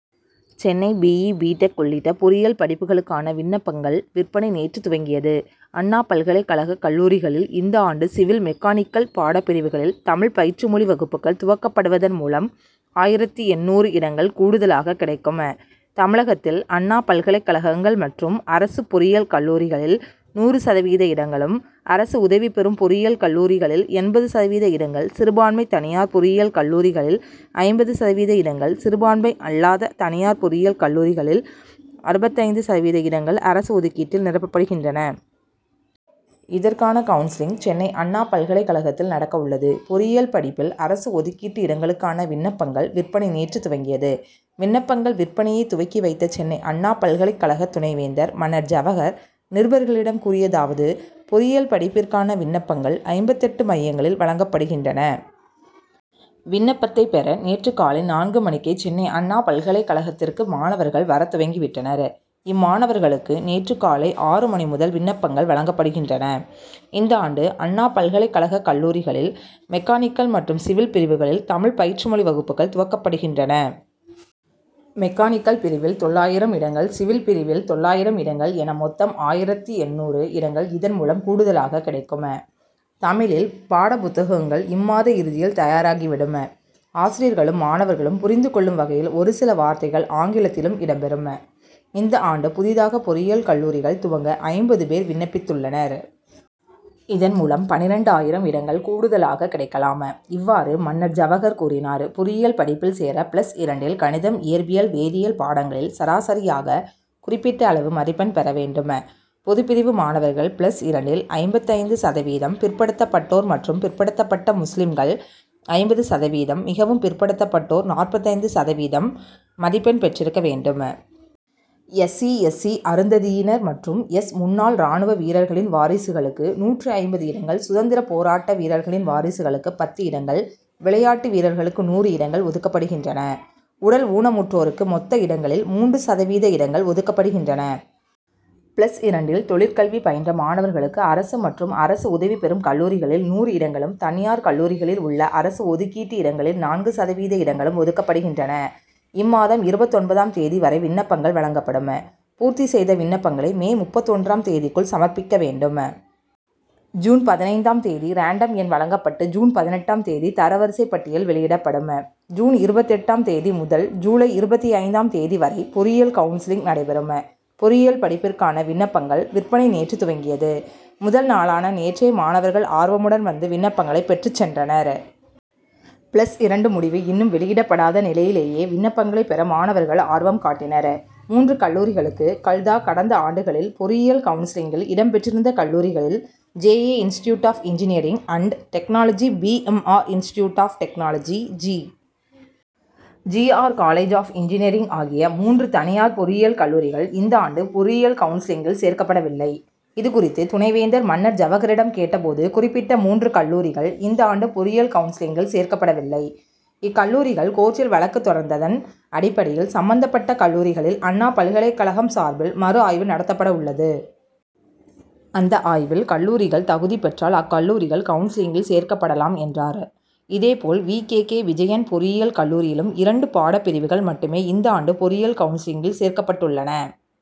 Chennai B. E. B. Tech. உள்ளிட்ட பொறியியல் படிப்புகளுக்கான விண்ணப்பங்கள் விற்பனை நேற்று துவங்கியது. அண்ணா பல்கலைக் கழக கல்லூரிகளில் இந்த ஆண்டு சிவில் மெக்கானிக்கல் பாடப்பிரிவுகளில் தமிழ் பயிற்று மொழி வகுப்புகள் துவக்கப்படுவதன் மூலம் ஆயிரத்து எண்ணூறு இடங்கள் கூடுதலாக கிடைக்கும். தமிழகத்தில் அண்ணா பல்கலைக் கழகங்கள் மற்றும் அரசு பொறியியல் கல்லூரிகளில் நூறு சதவீத இடங்களும் அரசு உதவிபெறும் பொறியியல் கல்லூரிகளில் எண்பது சதவீத இடங்கள் சிறுபான்மை தனியார் பொறியியல் கல்லூரிகளில் ஐம்பது சதவீத இடங்கள் சிறுபான்மை அல்லாத தனியார் பொறியியல் கல்லூரிகளில் அறுபத்தைந்து சதவீத இடங்கள் அரசு ஒதுக்கீட்டில் நிரப்பப்படுகின்றன. இதற்கான கவுன்சிலிங் சென்னை அண்ணா பல்கலைக் கழகத்தில் நடக்கவுள்ளது. பொறியியல் படிப்பில் அரசு ஒதுக்கீட்டு இடங்களுக்கான விண்ணப்பங்கள் விற்பனை நேற்று துவங்கியது. விண்ணப்பங்கள் விற்பனையை துவக்கி வைத்த சென்னை அண்ணா பல்கலைக் கழக துணைவேந்தர் மன்னர் ஜவகர் நிருபர்களிடம் கூறியதாவது பொறியியல் படிப்பிற்கான விண்ணப்பங்கள் ஐம்பத்தெட்டு மையங்களில் வழங்கப்படுகின்றன. விண்ணப்பத்தை பெற நேற்று காலை நான்கு மணிக்கே சென்னை அண்ணா பல்கலைக் கழகத்திற்கு மாணவர்கள் வரத் துவங்கி விட்டனர். இம்மாணவர்களுக்கு நேற்று காலை ஆறு மணி முதல் விண்ணப்பங்கள் வழங்கப்படுகின்றன. இந்த ஆண்டு அண்ணா பல்கலைக் கழக கல்லூரிகளில் மெக்கானிக்கல் மற்றும் சிவில் பிரிவுகளில் தமிழ் பயிற்று மொழி வகுப்புகள் துவக்கப்படுகின்றன. மெக்கானிக்கல் பிரிவில் தொள்ளாயிரம் இடங்கள் சிவில் பிரிவில் தொள்ளாயிரம் இடங்கள் என மொத்தம் ஆயிரத்து எண்ணூறு இடங்கள் இதன்மூலம் கூடுதலாக கிடைக்கும். தமிழில் பாடப்புத்தகங்கள் இம்மாத இறுதியில் தயாராகிவிடும். ஆசிரியர்களும் மாணவர்களும் புரிந்து கொள்ளும் வகையில் ஒரு சில வார்த்தைகள் ஆங்கிலத்திலும் இடம்பெறும். இந்த ஆண்டு புதிதாக பொறியியல் கல்லூரிகள் துவங்க ஐம்பது பேர் விண்ணப்பித்துள்ளனர். இதன்மூலம் பன்னிரண்டு ஆயிரம் இடங்கள் கூடுதலாக கிடைக்கலாம். இவ்வாறு மன்னர் ஜவகர் கூறினார் பொறியியல் படிப்பில் சேர பிளஸ் இரண்டில் கணிதம் இயற்பியல் வேதியியல் பாடங்களில் சராசரியாக குறிப்பிட்ட அளவு மதிப்பெண் பெற வேண்டும். பொதுப்பிரிவு மாணவர்கள் பிளஸ் இரண்டில் ஐம்பத்தைந்து சதவீதம் பிற்படுத்தப்பட்டோர் மற்றும் பிற்படுத்தப்பட்ட முஸ்லிம்கள் ஐம்பது சதவீதம் மிகவும் பிற்படுத்தப்பட்டோர் நாற்பத்தைந்து சதவீதம் மதிப்பெண் பெற்றிருக்க வேண்டும். எஸ். சி. எஸ். சி. அருந்ததியினர் மற்றும் எஸ். முன்னாள் ராணுவ வீரர்களின் வாரிசுகளுக்கு நூற்று ஐம்பது இடங்கள் சுதந்திரப் போராட்ட வீரர்களின் வாரிசுகளுக்கு பத்து இடங்கள் விளையாட்டு வீரர்களுக்கு நூறு இடங்கள் ஒதுக்கப்படுகின்றன. உடல் ஊனமுற்றோருக்கு மொத்த இடங்களில் மூன்று சதவீத இடங்கள் ஒதுக்கப்படுகின்றன. பிளஸ் இரண்டில் தொழிற்கல்வி பயின்ற மாணவர்களுக்கு அரசு மற்றும் அரசு உதவிபெறும் கல்லூரிகளில் நூறு இடங்களும் தனியார் கல்லூரிகளில் உள்ள அரசு ஒதுக்கீட்டு இடங்களில் நான்கு சதவீத இடங்களும் ஒதுக்கப்படுகின்றன. இம்மாதம் இருபத்தொன்பதாம் தேதி வரை விண்ணப்பங்கள் வழங்கப்படும். பூர்த்தி செய்த விண்ணப்பங்களை மே முப்பத்தொன்றாம் தேதிக்குள் சமர்ப்பிக்க வேண்டும். ஜூன் பதினைந்தாம் தேதி ரேண்டம் எண் வழங்கப்பட்டு ஜூன் பதினெட்டாம் தேதி தரவரிசைப் பட்டியல் வெளியிடப்படும். ஜூன் இருபத்தெட்டாம் தேதி முதல் ஜூலை இருபத்தைந்தாம் தேதி வரை பொறியியல் கவுன்சிலிங் நடைபெறும். பொறியியல் படிப்பிற்கான விண்ணப்பங்கள் விற்பனை நேற்று துவங்கியது. முதல் நாளான நேற்றே மாணவர்கள் ஆர்வமுடன் வந்து விண்ணப்பங்களை பெற்றுச் சென்றனர். பிளஸ் இரண்டு முடிவு இன்னும் வெளியிடப்படாத நிலையிலேயே விண்ணப்பங்களை பெற மாணவர்கள் ஆர்வம் காட்டினர். மூன்று கல்லூரிகளுக்கு கல்தா கடந்த ஆண்டுகளில் பொறியியல் கவுன்சிலிங்கில் இடம்பெற்றிருந்த கல்லூரிகளில் J. A. Institute of engineering and technology P. M. R. Institute of technology G. G. R. College of engineering ஆகிய மூன்று தனியார் பொறியியல் கல்லூரிகள் இந்த ஆண்டு பொறியியல் கவுன்சிலிங்கில் சேர்க்கப்படவில்லை. இதுகுறித்து துணைவேந்தர் மன்னர் ஜவகரிடம் கேட்டபோது குறிப்பிட்ட மூன்று கல்லூரிகள் இந்த ஆண்டு பொறியியல் கவுன்சிலிங்கில் சேர்க்கப்படவில்லை. இக்கல்லூரிகள் கோர்ட்டில் வழக்கு தொடர்ந்ததன் அடிப்படையில் சம்பந்தப்பட்ட கல்லூரிகளில் அண்ணா பல்கலைக் கழகம் சார்பில் மறு ஆய்வு நடத்தப்படவுள்ளது. அந்த ஆய்வில் கல்லூரிகள் தகுதி பெற்றால் அக்கல்லூரிகள் கவுன்சிலிங்கில் சேர்க்கப்படலாம் என்றார். இதேபோல வி. கே. கே. விஜயன் பொறியியல் கல்லூரியிலும் இரண்டு பாடப்பிரிவுகள் மட்டுமே இந்த ஆண்டு பொறியியல் கவுன்சிலிங்கில் சேர்க்கப்பட்டுள்ளன.